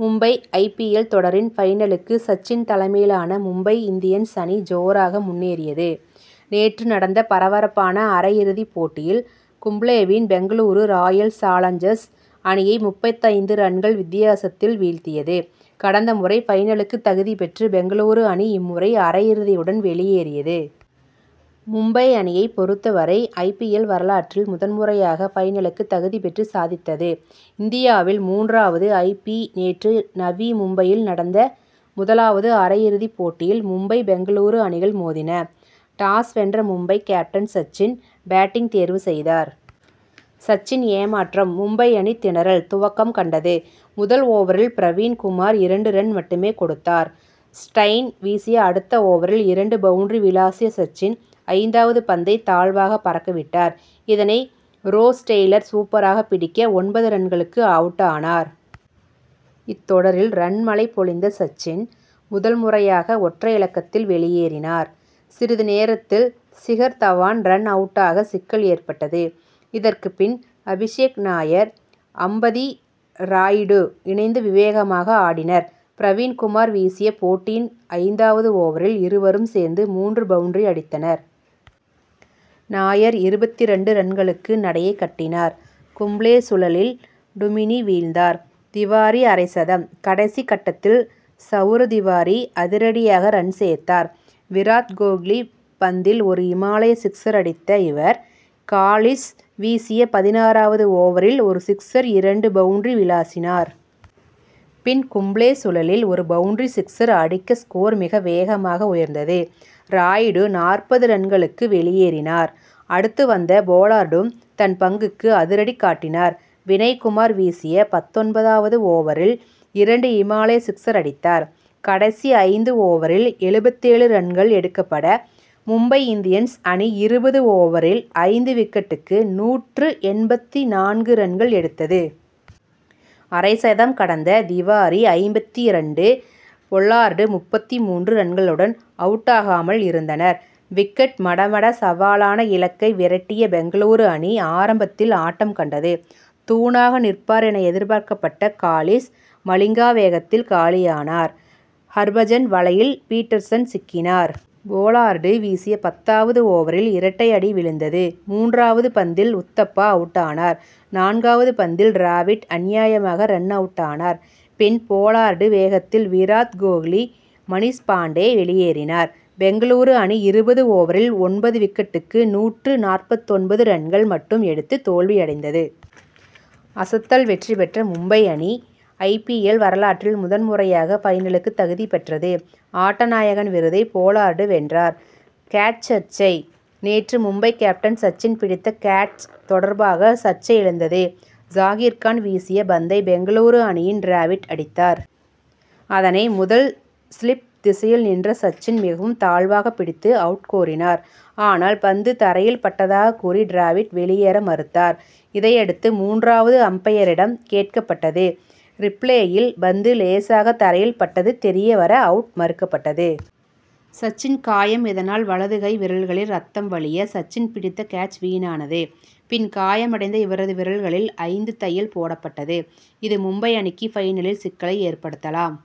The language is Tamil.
மும்பை ஐ. பி. எல். தொடரின் பைனலுக்கு சச்சின் தலைமையிலான மும்பை இந்தியன்ஸ் அணி ஜோராக முன்னேறியது. நேற்று நடந்த பரபரப்பான அரையிறுதி போட்டியில் கும்ளேவின் பெங்களூரு ராயல் சாலஞ்சர்ஸ் அணியை முப்பத்தைந்து ரன்கள் வித்தி யாசத்தில் வீழ்த்தியது. கடந்த முறை பைனலுக்கு தகுதி பெற்ற பெங்களூரு அணி இம்முறை அரையிறுதியுடன் வெளியேறியது. மும்பை அணியை பொறுத்தவரை ஐ. பி. எல். வரலாற்றில் முதல் முறையாக பைனலுக்கு தகுதி பெற்று சாதித்தது. இந்தியாவில் மூன்றாவது ஐ. பி. நேற்று நவி மும்பையில் நடந்த முதலாவது அரையிறுதி போட்டியில் மும்பை பெங்களூரு அணிகள் மோதின. டாஸ் வென்ற மும்பை கேப்டன் சச்சின் பேட்டிங் தேர்வு செய்தார். சச்சின் ஏமாற்றம் மும்பை அணி திணறல் துவக்கம் கண்டது. முதல் ஓவரில் பிரவீண் குமார் இரண்டு ரன் மட்டுமே கொடுத்தார். ஸ்டைன் வீசிய அடுத்த ஓவரில் இரண்டு பவுண்டரி விளாசிய சச்சின் ஐந்தாவது பந்தை தாழ்வாக பறக்க விட்டார். இதனை ரோஸ் டெய்லர் சூப்பராக பிடிக்க ஒன்பது ரன்களுக்கு அவுட்டானார். இத்தொடரில் ரன் மழை பொழிந்த சச்சின் முதல் முறையாக ஒற்றை இலக்கத்தில் வெளியேறினார். சிறிது நேரத்தில் ஷிகர் தவான் ரன் அவுட்டாக சிக்கல் ஏற்பட்டது. இதற்கு பின் அபிஷேக் நாயர் அம்பதி ராயுடு இணைந்து விவேகமாக ஆடினர். பிரவீண் குமார் வீசிய போட்டியின் ஐந்தாவது ஓவரில் இருவரும் சேர்ந்து மூன்று பவுண்டரி அடித்தனர். நாயர் இருபத்திரண்டு ரன்களுக்கு நடையை கட்டினார். கும்ளே சுழலில் டுமினி வீழ்ந்தார். திவாரி அரைசதம்: கடைசி கட்டத்தில் சவுரப் திவாரி அதிரடியாக ரன் சேர்த்தார். விராத் கோஹ்லி பந்தில் ஒரு இமாலய சிக்சர் அடித்த இவர், காலிஸ் வீசிய பதினாறாவது ஓவரில் ஒரு சிக்சர் இரண்டு பவுண்டரி விளாசினார். பின் கும்ளே சுழலில் ஒரு பவுண்டரி சிக்சர் அடிக்கஸ்கோர் மிக வேகமாக உயர்ந்தது. ராயுடு நாற்பது ரன்களுக்கு வெளியேறினார். அடுத்து வந்த போலார்டும் தன் பங்குக்கு அதிரடி காட்டினார். வினய் குமார் வீசிய பத்தொன்பதாவது ஓவரில் இரண்டு இமாலய சிக்சர் அடித்தார். கடைசி ஐந்து ஓவரில் எழுபத்தேழு ரன்கள் எடுக்கப்பட, மும்பை இந்தியன்ஸ் அணிஇருபது ஓவரில் ஐந்து விக்கெட்டுக்கு நூற்று எண்பத்து நான்கு ரன்கள் எடுத்தது. அரைசதம் கடந்த திவாரிஐம்பத்து இரண்டு, பொல்லார்டு முப்பத்து மூன்று ரன்களுடன் அவுட்டாகாமல் இருந்தனர். விக்கெட் மடமட சவாலான இலக்கை விரட்டிய பெங்களூரு அணி ஆரம்பத்தில் ஆட்டம் கண்டது. தூணாக நிற்பார் என எதிர்பார்க்கப்பட்ட காலிஸ் மலிங்கா வேகத்தில் காலியானார். ஹர்பஜன் வலையில் பீட்டர்சன் சிக்கினார். போலார்டு வீசிய பத்தாவது ஓவரில் இரட்டை அடி விழுந்தது. மூன்றாவது பந்தில் உத்தப்பா அவுட்டானார். நான்காவது பந்தில் டிராவிட் அநியாயமாக ரன் அவுட்டானார். பின் போலார்டு வேகத்தில் விராத் கோஹ்லி மனிஷ்பாண்டேவெளியேறினார் பெங்களூரு அணி இருபது ஓவரில் ஒன்பது விக்கெட்டுக்கு. நூற்று நாற்பத்தொன்பது ரன்கள். மட்டும் எடுத்து தோல்வி அடைந்தது. அசத்தல் வெற்றி பெற்ற மும்பை அணி ஐ. பி. எல். வரலாற்றில் முதல் முறையாக பைனலுக்கு தகுதி பெற்றது. ஆட்டநாயகன் விருதை போலார்டு வென்றார். கேட்ச் சர்ச்சை: நேற்று மும்பை கேப்டன் சச்சின் பிடித்த கேட்ச் தொடர்பாக சர்ச்சை எழுந்தது. ஜாகிர்கான் வீசிய பந்தை பெங்களூரு அணியின் டிராவிட் அடித்தார். அதனை முதல் ஸ்லிப் திசையில் நின்ற சச்சின் மிகவும் தாழ்வாக பிடித்து அவுட் கோரினார். ஆனால் பந்து தரையில் பட்டதாக கூறி டிராவிட் வெளியேற மறுத்தார். இதையடுத்து மூன்றாவது அம்பயரிடம் கேட்கப் பட்டது. ரீப்ளேயில் பந்து லேசாக தரையில் பட்டது தெரிய வர அவுட் மறுக்கப் பட்டது. சச்சின் காயம் இதனால் வலது கை விரல்களில் ரத்தம் வழிய சச்சின் பிடித்த கேட்ச் வீணானது. பின் காயம் அடைந்த இவரது விரல்களில் ஐந்து தையல் போடப்பட்டது. இது மும்பை அணிக்கு பைனலில் சிக்கலை ஏற்படுத்தலாம்.